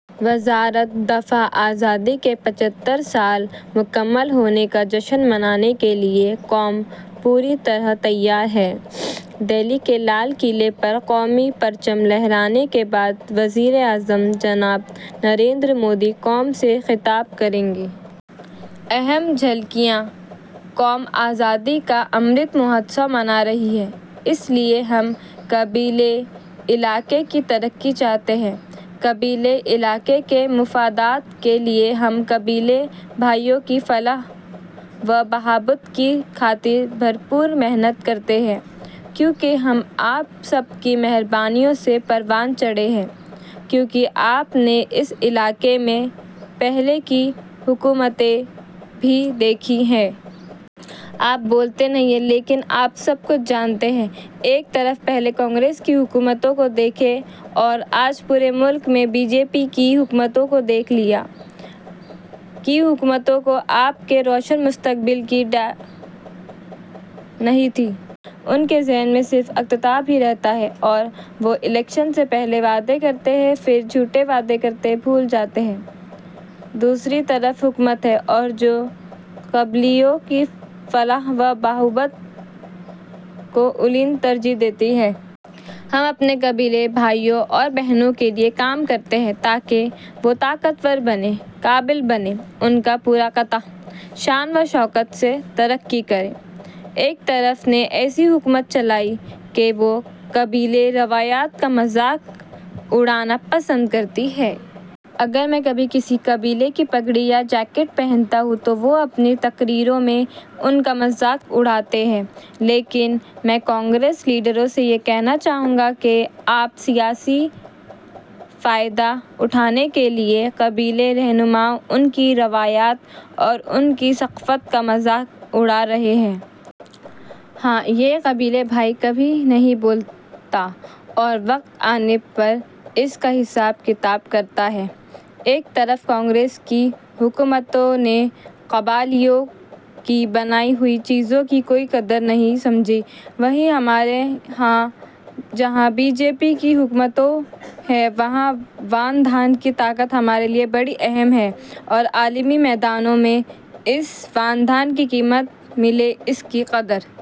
وزارتِ دفاع آزادی کے پچھتر سال مکمل ہونے کا جشن منانے کے لیے قوم پوری طرح تیار ہے۔ دہلی کے لال قلعے پر قومی پرچم لہرانے کے بعد وزیر اعظم جناب نریندر مودی قوم سے خطاب کریں گے۔ اہم جھلکیاں: قوم ’آزادی کا امرت مہوتسو‘ منا رہی ہے۔ اس لیے ہم قبائلی علاقے کی ترقی چاہتے ہیں۔ قبائلی علاقے کے مفادات کے لیے ہم قبائلی بھائیوں کی فلاح و بہبود کی خاطر بھرپور محنت کرتے ہیں، کیونکہ ہم آپ سب کی مہربانیوں سے پروان چڑھے ہیں، کیونکہ آپ نے اس علاقے میں پہلے کی حکومتیں بھی دیکھی ہیں۔ آپ بولتے نہیں ہیں، لیکن آپ سب کچھ جانتے ہیں۔ ایک طرف پہلے کانگریس کی حکومتوں کو دیکھیں اور آج پورے ملک میں بی جے پی کی حکومتوں کو دیکھ لیجیے۔ کانگریس کی حکومتوں کو آپ کے روشن مستقبل کی فکر نہیں تھی۔ ان کے ذہن میں صرف انتخاب ہی رہتا ہے اور وہ الیکشن سے پہلے وعدے کرتے ہیں، پھر جھوٹے وعدے کرکے بھول جاتے ہیں۔ دوسری طرف بی جے پی حکومت ہے، جو قبائلیوں کی فلاح و بہبود کو اولین ترجیح دیتی ہے۔ ہم اپنے قبائلی بھائیوں اور بہنوں کے لیے کام کرتے ہیں تاکہ وہ طاقتور بنیں، قابل بنیں، ان کا پورا خطہ شان و شوکت سے ترقی کرے۔ ایک طرف کانگریس نے ایسی حکومت چلائی کہ وہ قبائلی روایت کا مذاق اڑانا پسند کرتی ہے۔ اگر میں کبھی کسی قبائلی کی پگڑی یا جیکٹ پہنتا ہوں تو وہ اپنی تقریروں میں ان کا مذاق اڑاتے ہیں۔ لیکن میں کانگریس لیڈروں سے یہ کہنا چاہوں گا کہ آپ سیاسی فائدہ اٹھانے کے لیے قبائلی رہنماؤں، ان کی روایات اور ان کی ثقافت کا مذاق اڑا رہے ہیں۔ ہاں، یہ قبائلی بھائی کبھی نہیں بھولتا اور وقت آنے پر اس کا حساب کتاب کرتا ہے۔ ایک طرف کانگریس کی حکومتوں نے قبائلیوں کی بنائی ہوئی چیزوں کی کوئی قدر نہیں سمجھی، وہیں ہمارے ہاں جہاں بی جے پی کی حکومتیں ہیں، وہاں ون دھن کی طاقت ہمارے لیے بڑی اہم ہے اور عالمی منڈیوں میں اس ون دھن کی قیمت ملے، اس کی قدر...